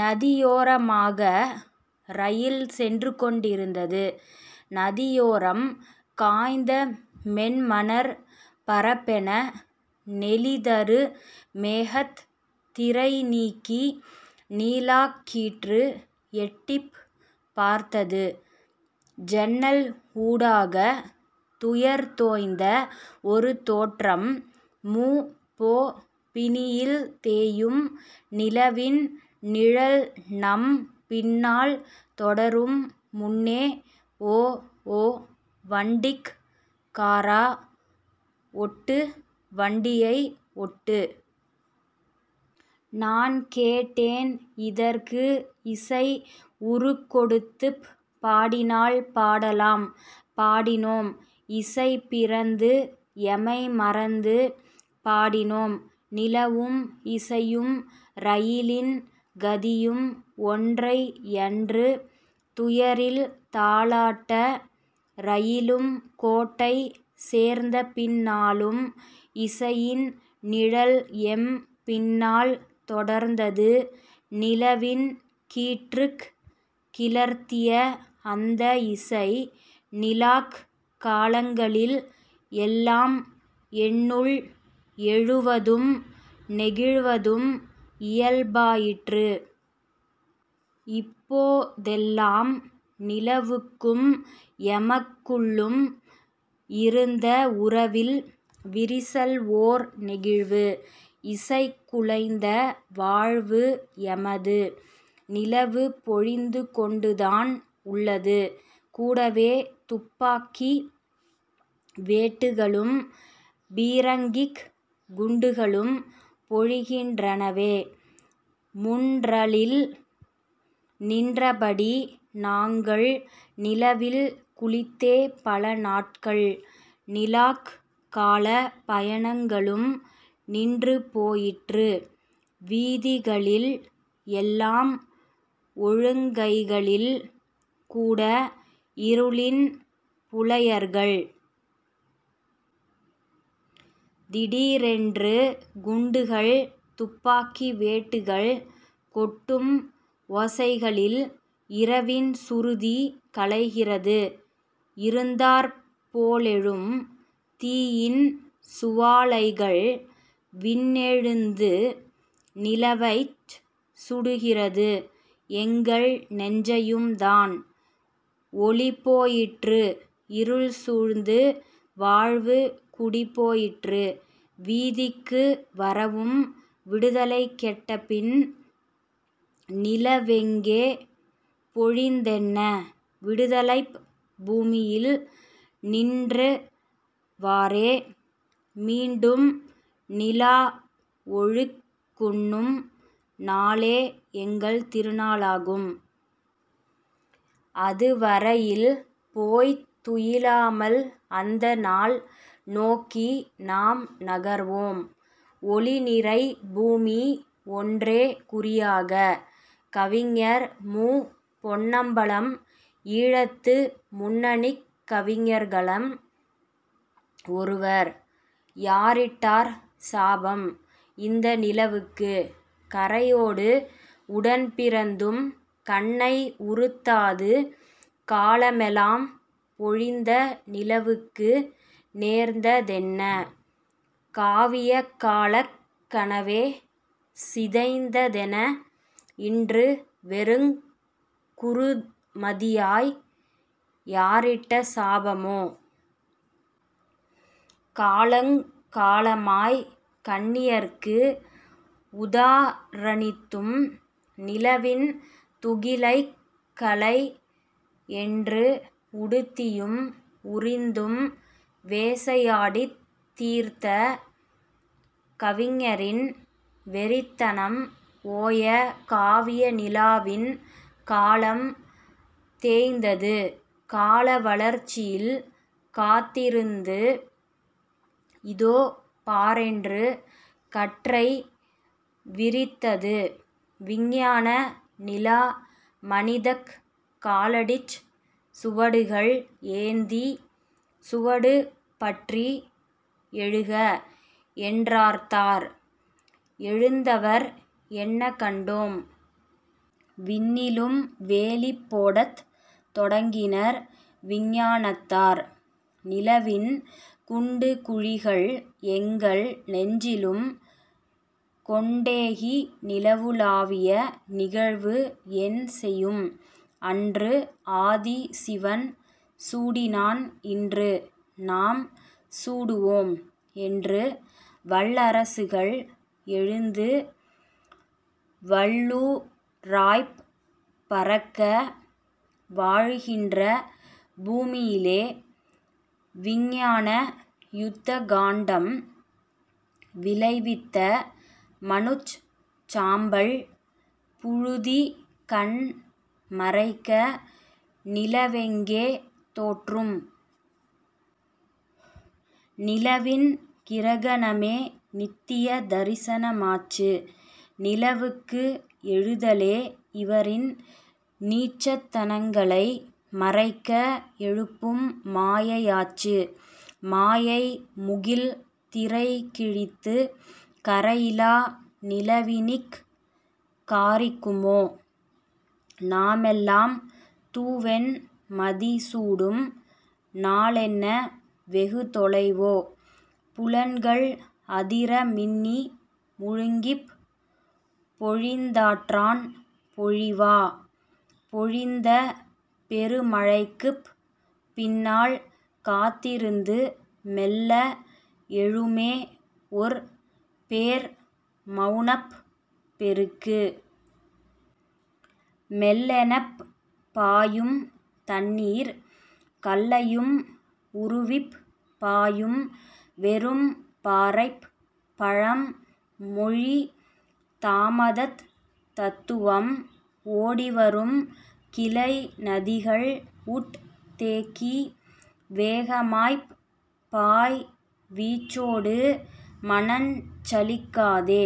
நதியோரமாக rail சென்று கொண்டிருந்தது. நதியோரம் காய்ந்த மென்மணற் பரப்பென நெளிதரு மேகத் திரைநீக்கி நிலாக்கீற்று எட்டிப் பார்த்தது. ஜன்னல் ஊடாக துயர்தோய்ந்த ஒரு தோற்றம். மு. பொ. பிணியில் தேயும் நிலவின் நிழல்நம் பின்னால் தொடரும் முன்னே ஓஓ வண்டிக் காரா ஒட்டு வண்டியை ஒட்டு. நான்கேட்டேன் இதற்கு இசை உருக்கொடுத்துப் பாடினால்? பாடலாம். பாடினோம். இசைபிறந்து எமைமறந்து பாடினோம். நிலவும் இசையும் ரயிலின் கதியும் ஒன்றை யன்று துயரில் தாலாட்ட ரயிலும் கோட்டை சேர்ந்தபின்னாலும் இசையின் நிழல்எம் பின்னால் தொடர்ந்தது. நிலவின் கீற்றுக் கிளர்த்திய அந்த இசை நிலாக் காலங்களில் எல்லாம் என்னுள் எழுவதும் நெகிழ்வதும் இயல்பாயிற்று. இப்போ தெல்லாம் நிலவுக்கும் எமக்குள்ளும் இருந்த உறவில் விரிசல் ஓர் நெகிழ்வு. இசைக்குலைந்த வாழ்வு எமது. நிலவு பொழிந்து கொண்டுதான் உள்ளது கூடவே துப்பாக்கி வேட்டுகளும் பீரங்கிக் குண்டுகளும் பொழிகின்றனவே. முன்றலில் நின்றபடி நாங்கள் நிலவில் குளித்தே பலநாட்கள். நிலாக் கால பயணங்களும் நின்று போயிற்று வீதிகளில் எல்லாம் ஒழுங்கைகளில் கூட இருளின் புலையர்கள். திடீரென்று குண்டுகள் துப்பாக்கி வேட்டுகள் கொட்டும் ஓசைகளில் இரவின் சுருதி கலைகிறது. இருந்தாற் போலெழும் தீயின் சுவாலைகள் விண்ணெழுந்து நிலவைச் சுடுகிறது. எங்கள் நெஞ்சையும்தான். ஒளிபோயிற்று; இருள்சூழ்ந்து வாழ்வு குடிபோயிற்று. வீதிக்கு வரவும் விடுதலை கெட்டபின் நிலவெங்கே பொழிந்தென்ன? விடுதலைப் பூமியில் நின்றவாறே மீண்டும் நிலாவொழுக் குண்ணும் நாளே எங்கள் திருநாளாகும். அதுவரையில் போய்த் துயிலாமல் அந்தநாள் நோக்கி நாம் நகர்வோம் ஒளிநிறை பூமி ஒன்றே குறியாக. கவிஞர் மு. பொன்னம்பலம் ஈழத்து முன்னணிக் கவிஞர்களம் ஒருவர். யாரிட்டார் சாபம் இந்த நிலவுக்கு? கறையோடு உடன் பிறந்தும் கண்ணை உறுத்தாது காலமெலாம் பொழிந்த நிலவுக்கு நேர்ந்த தென்ன? காவிய காலக் கனவே சிதைந்ததென இன்று வெறுங் குறுமதியாய் யாரிட்ட சாபமோ? காலங் காலமாய் கன்னியர்க்கு உதாரணித்தும் நிலவின் துகிலைக் கலை யென்று உடுத்தியும் உரிந்தும் வேசையாடித் தீர்த்த கவிஞரின் வெறித்தனம் ஓய காவிய நிலாவின் காலம் தேய்ந்தது. கால வளர்ச்சியில் காத்திருந்து. இதோ பாரென்று கற்றை விரித்தது விஞ்ஞான நிலா மனிதக் காலடிச் சுவடுகள் ஏந்தி. சுவடு பற்றி எழுக என்றார்த்தார்; எழுந்தவர் என்ன கண்டோம்? விண்ணிலும் வேலி போடத் தொடங்கினர் விஞ்ஞானத்தார். நிலவின் குண்டு குழிகள் எங்கள் நெஞ்சிலும் கொண்டேகி நிலவுலாவிய நிகழ்வு என் செயும் அன்று ஆதி சிவன் சூடினான் இன்று நாம் சூடுவோம் என்று வல்லரசுகள் எழுந்து வல்லூறாய்ப் பறக்க வாழுகின்ற பூமியிலே விஞ்ஞான யுத்த காண்டம் விளைவித்த மனுச் சாம்பல் புழுதி கண் மறைக்க நிலவெங்கே தோற்றும்? நிலவின் கிரகணமே நித்திய தரிசனமாச்சு. நிலவுக்கு எழுதலே இவரின் நீசத்தனங்களை மறைக்க எழுப்பும் மாயையாச்சு. மாயை முகில் திரைகிழித்து கறையிலா நிலவினிக் காரிக்குமோ? நாமெல்லாம் தூவெண் மதி சூடும் நாளென்ன வெகு தொலைவோ? புலன்கள் அதிர மின்னி முழங்கிப் பொழிந்தாற்றான் பொழிவா? பொழிந்த பெருமழைக்குப் பின்னால் காத்திருந்து மெல்ல எழுமே ஒர் பேர் மௌனப் பெருக்கு. மெல்லெனப் பாயும் தண்ணீர் கல்லையும் உருவிப் பாயும் வெறும் பாறைப் பழம் மொழி தாமதத் தத்துவம். ஓடிவரும் கிளை நதிகள் உட் தேக்கி வேகமாய்ப் பாய் வீச்சோடு. மனஞ் சலிக்காதே